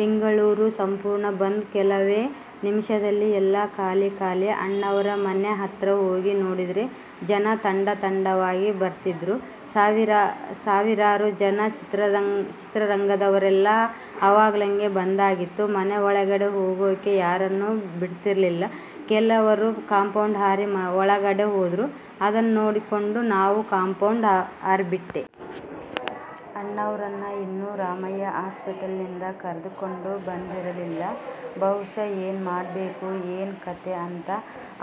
ಬೆಂಗಳೂರು ಸಂಪೂರ್ಣ ಬಂದ್. ಕೆಲವೇ ನಿಮಿಷದಲ್ಲಿ ಎಲ್ಲಾ ಖಾಲಿ ಖಾಲಿ, ಅಣ್ಣಾವ್ರ ಮನೆ ಹತ್ರ ಹೋಗಿ ನೋಡಿದ್ರೆ ಜನ ತಂಡ ತಂಡವಾಗಿ ಬರ್ತಿದ್ರು ಸಾವಿರಾರು ಜನ, ಚಿತ್ರರಂಗದವ್ರೆಲ್ಲ ಅವಾಗಾಗ್ಲೆ ಬಂದಾಗಿತ್ತು.. ಮನೆ ಒಳಗಡೆ ಹೋಗೋಕೆ ಯಾರನ್ನೂ ಬಿಡ್ತಿರ್ಲಿಲ್ಲ, ಕೆಲವರು ಕಾಂಪೌಂಡ್ ಹಾರಿ ಒಳಗಡೆ ಹೋದ್ರು, ಅದನ್ನೋಡಿಕೊಂಡ್ ನಾವೂ ಕಾಂಪೌಂಡ್ ಹಾರೆಬಿಟ್ವಿ. ಅಣ್ಣಾವ್ರನ್ನ ಇನ್ನೂ ರಾಮಯ್ಯ ಹಾಸ್ಪಿಟಲ್ನಿಂದ ಕರ್ಕೊಂಡ್ ಬಂದಿರಲಿಲ್ಲ, ಬಹುಶಃ ಏನ್ ಮಾಡ್ಬೇಕು, ಏನ್ ಕತೆ ಅಂತ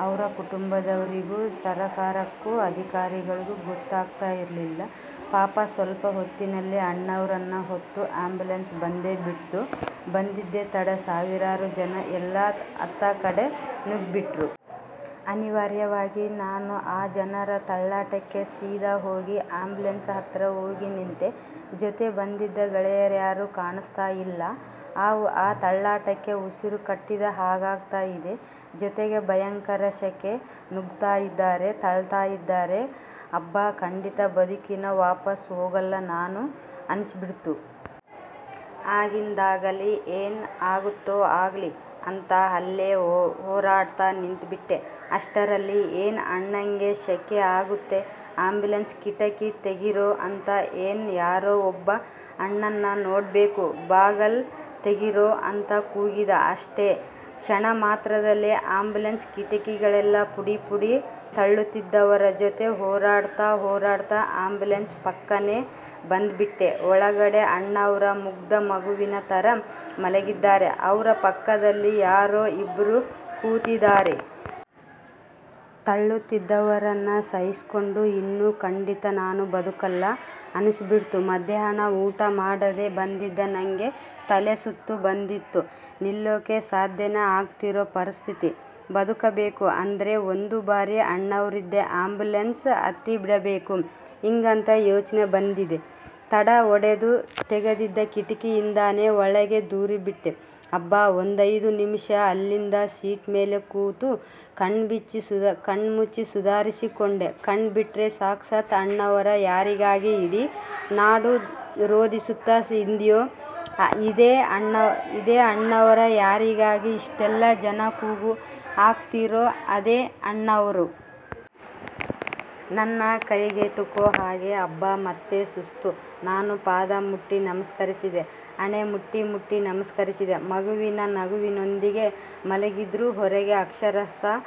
ಅವ್ರ ಕುಟುಂಬದವ್ರಿಗೂ, ಸರಕಾರಕ್ಕೂ, ಅಧಿಕಾರಿಗಳಿಗೂ ಗೊತ್ತಾಗ್ತಾ ಇರ್ಲಿಲ್ಲ ಪಾಪ. ಸ್ವಲ್ಪ ಹೊತ್ತಿನಲ್ಲಿ ಅಣ್ಣಾವ್ರನ್ನ ಹೊತ್ತ ಅಂಬುಲನ್ಸ್ ಬಂದೇ ಬಿಡ್ತು. ಬಂದಿದ್ದೆ ತಡ ಸಾವಿರಾರು ಜನ ಎಲ್ಲ ಅತ್ತ ಕಡೆ ನುಗ್ಗಿಬಿಟ್ರು. ಅನಿವಾರ್ಯವಾಗಿ ನಾನೂ ಆ ಜನರ ತಳ್ಳಾಟಕ್ಕೆ ಸೀದಾ ಹೋಗಿ ಅಂಬುಲನ್ಸ್ ಹತ್ರ ಹೋಗಿ ನಿಂತೇ, ಜೊತೆ ಬಂದಿದ್ದ ಗೆಳೆಯರ್ಯಾರೂ ಕಾಣಿಸ್ತಾ ಇಲ್ಲ, ಆ ತಳ್ಳಾಟಕ್ಕೆ, ಉಸಿರು ಕಟ್ಟಿದ ಹಾಗಾಗ್ತಾ ಇದೆ. ಜೊತೆಗೆ ಭಯಂಕರ ಸೆಖೆ, ನುಗ್ಗತಾ ಇದಾರೆ, ತಳ್ತಾ ಇದಾರೆ. ಅಬ್ಬಾ ಖಂಡಿತ ಬದುಕಿ ವಾಪಸ್ ಹೋಗಲ್ಲ ನಾನು ಅನ್ನಿಸ್ಬಿಡ್ತು. ಆಗಿದ್ದಾಗಲಿ, ಏನ್ ಆಗತ್ತೊ ಆಗ್ಲಿ ಅಂತ ಅಲ್ಲೇ ಹೊರಾಡ್ತ ನಿಂತ್ಬಿಟ್ಟೆ. ಅಷ್ಟರಲ್ಲಿ "ಏ ಅಣ್ಣಂಗೆ ಸೆಖೆ ಆಗತ್ತೆ ಆಂಬುಲೆನ್ಸ್ ಕಿಟಕಿ ತೆಗಿರೋ ಅಂದ. ಇನ್ ಯಾರೊ ಒಬ್ಬ ಅಣ್ಣನ್ನ ನೋಡ್ಬೇಕು ಬಾಗಲ್ ತೆಗಿರೋ' ಅಂತ ಕೂಗಿದ. ಅಷ್ಟೇ.. ಕ್ಷಣಮಾತ್ರದಲ್ಲಿ ಅಂಬುಲನ್ಸ್ ಕಿಟಕಿಗಳೆಲ್ಲ ಪುಡಿ ಪುಡಿ. ತಳ್ಳುತ್ತಿದ್ದವರ ಜೊತೆ ಹೊರಾಡ್ತ ಹೊರಾಡ್ತ ಅಂಬುಲನ್ಸ್ ಪಕ್ಕಾನೆ ಬಂದ್ಬಿಟ್ಟೆ, ಒಳಗಡೆ ಅಣ್ಣಾವ್ರು ಮುಗ್ದ ಮಗುವಿನ ಥರ ಮಲಗಿದ್ದಾರೆ, ಅವ್ರ ಅಕ್ಕಪಕ್ಕ ಯಾರೋ ಇಬ್ರು ಕೂತಿದಾರೆ. ತಳ್ಳುತ್ತಿದ್ದವರನ್ನ ಸಹಿಸ್ಕೊಂಡ್ ಇನ್ನು ಖಂಡಿತ ನಾನು ಬದುಕಲ್ಲ ಅನ್ನಿಸ್ಬಿಡ್ತು. ಮಧ್ಯಾಹ್ನ ಊಟ ಮಾಡದೆ ಬಂದಿದ್ದ ನಂಗೆ ತಲೆ ಸುತ್ತು ಬರ್ತಿತ್ತು. ನಿಲ್ಲೋಕೆ ಸಾಧ್ಯನೆ ಆಗ್ದಿರೊ ಪರಿಸ್ಥಿತಿ, ಬದುಕಬೇಕು ಅಂದ್ರೆ ಒಂದೇ ದಾರಿ ಅಣ್ಣಾವ್ರಿದ್ದ ಅಂಬುಲನ್ಸ್ ಹತ್ತಿಬಿಡಬೇಕು ಹಿಂಗಂತ ಯೋಚ್ನೆ ಬಂದಿದ್ದೆ ತಡ, ಒಡೆದು ತೆಗದಿದ್ದ ಕಿಟಕಿಇಂದಾನೆ ಒಳಗೆ ತೂರಿಬಿಟ್ಟೆ, ಅಬ್ಬಾ ಒಂದೈದು ನಿಮಿಷ ಅಲ್ಲಿದ್ದ ಸೀಟ್ ಮೇಲೆ ಕೂತು ಕಣ್ಮುಚ್ಚಿ ಸುಧಾರಿಸಿಕೊಂಡೆ, ಕಣ್ ಬಿಟ್ರೆ ಸಾಕ್ಷಾತ್ ಅಣ್ಣಾವ್ರು, ಯಾರಿಗಾಗಿ ಇಡೀ ನಾಡು ರೋದಿಸ್ತಾ ಇದ್ಯೋ ಅದೇ ಅಣ್ಣಾವ್ರು, ಯಾರಿಗಾಗಿ ಇಷ್ಟೆಲ್ಲ ಜನ ಕೂಗು ಹಾಕ್ತಿದಾರೋ ಅದೇ ಅಣ್ಣಾವ್ರು.. ನನ್ನ ಕೈಗೆಟುಕೊ ಹಾಗೆ ಅಬ್ಬಾ, ಮತ್ತೆ ಸುಸ್ತು ನಾನು, ಪಾದ ಮುಟ್ಟಿ ನಮಸ್ಕರಿಸಿದೆ. ಹಣೆ ಮುಟ್ಟಿ ಮುಟ್ಟಿ ನಮಸ್ಕರಿಸಿದೆ, ಮಗುವಿನ ನಗುವಿನೊಂದಿಗೆ ಮಲಗಿದ್ರು, ಹೊರಗೆ ಅಕ್ಷರಶಃ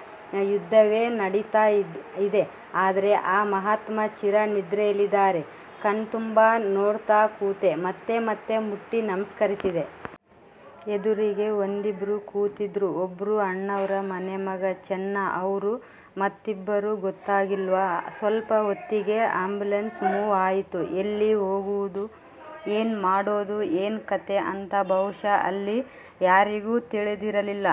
ಯುದ್ಧವೇ ನಡೀತಾ ಇದೆ, ಆದ್ರೆ ಈ ಮಹಾತ್ಮ ಚಿರ ನಿದ್ರೆಲಿದಾರೆ. ಕಣ್ತುಂಬ ನೋಡ್ತಾ ಕೂತೆ, ಮತ್ತೆ ಮತ್ತೆ ಮುಟ್ಟಿ ನಮಸ್ಕರಿಸಿದೆ. ಎದುರಿಗೆ ಒಂದಿಬ್ಬರು ಕೂತಿದ್ರು, ಒಬ್ರು ಅಣ್ಣಾವ್ರ ಮನೆಮಗ ಚೆನ್ನ ಅವ್ರು, ಮತ್ತಿಬ್ಬರು ಗೊತ್ತಾಗ್ಲಿಲ್ಲ. ಸ್ವಲ್ಪ ಹೊತ್ತಿಗೆ ಅಂಬುಲನ್ಸ್ ಮೂವ್ ಆಯಿತು, ಎಲ್ಲಿ ಹೋಗೋದು, ಏನ್ ಮಾಡೋದು, ಏನ್ ಕತೆ ಅಂತ ಬಹುಶಃ ಅಲ್ಲಿ ಯಾರಿಗೂ ತಿಳಿದಿರಲಿಲ್ಲ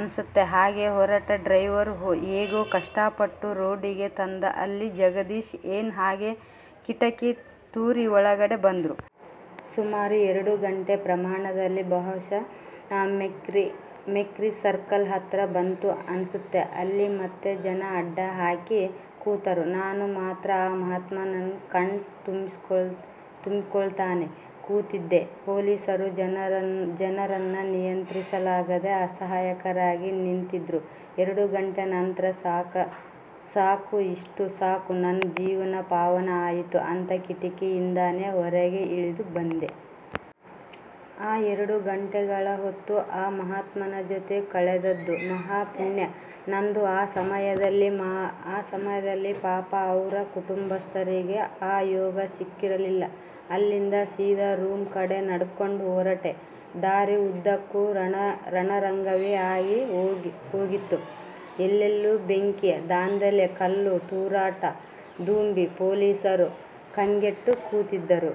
ಅನ್ಸತ್ತೆ, ಹಾಗೆ ಹೊರಟ ಡ್ರೈವರ್ ಹೇಗೋ ಕಷ್ಟಪಟ್ಟು ರೋಡಿಗೆ ತಂದ, ಅಲ್ಲಿ ಜಗ್ಗೇಶ್ ನನ್ ಹಾಗೆ ಕಿಟಕಿ ತೂರಿ ಒಳಗಡೆ ಬಂದ್ರು. ಸುಮಾರು ಎರಡು ಗಂಟೆ ಪ್ರಯಾಣದಲ್ಲಿ ಬಹುಶಃ ಮೆಕ್ರಿ ಸರ್ಕಲ್ ಹತ್ರ ಬಂತು ಅನ್ಸತ್ತೆ, ಅಲ್ಲಿ ಮತ್ತೆ ಜನ ಅಡ್ಡ ಹಾಕಿ ಕೂತರು. ನಾನು ಮಾತ್ರ ಆ ಮಹಾತ್ಮನ್ನ ಕಣ್ ತುಂಬಿಕೊಳ್ತಾನೆ ಕೂತಿದ್ದೆ, ಪೊಲೀಸರು ಜನರನ್ನ ನಿಯಂತ್ರಿಸಲಾಗದೆ ಅಸಹಾಯಕರಾಗಿ ನಿಂತಿದ್ರು, ಎರಡು ಗಂಟೆ ನಂತ್ರ ಸಾಕು ಇಷ್ಟು ಸಾಕು ನನ್ ಜೀವ್ನ ಪಾವನ ಆಯಿತು ಅಂತ ಕಿಟಕಿ ಇಂದಾನೆ ಹೊರಗೆ ಇಳಿದುಬಂದೆ. ಆ ಎರಡು ಗಂಟೆಗಳ ಹೊತ್ತು ಆ ಮಹಾತ್ಮನ ಜೊತೆ ಕಳೆದದ್ದು ಮಹಾ ಪುಣ್ಯ ನಂದು. ಆ ಸಮಯದಲ್ಲಿ ಪಾಪ ಅವ್ರ ಕುಟುಂಬಸ್ತರಿಗೆ ಆ ಯೋಗ ಸಿಕ್ಕಿರಲಿಲ್ಲ, ಅಲ್ಲಿಂದ ಸೀದಾ ರೂಮ್ ಕಡೆ ನಡ್ಕೊಂಡ್ ಹೊರಟೆ ದಾರಿ ಉದ್ದಕೂ ರಣರಂಗವೆ ಆಗಿ ಹೋಗಿತ್ತು, ಎಲ್ಲೆಲ್ಲೂ ಬೆಂಕಿ, ದಾಂಧಲೆ, ಕಲ್ಲು ತೂರಾಟ, ದೊಂಬಿ, ಪೊಲೀಸರು ಕಂಗೆಟ್ಟು ಕೂತಿದ್ದರು.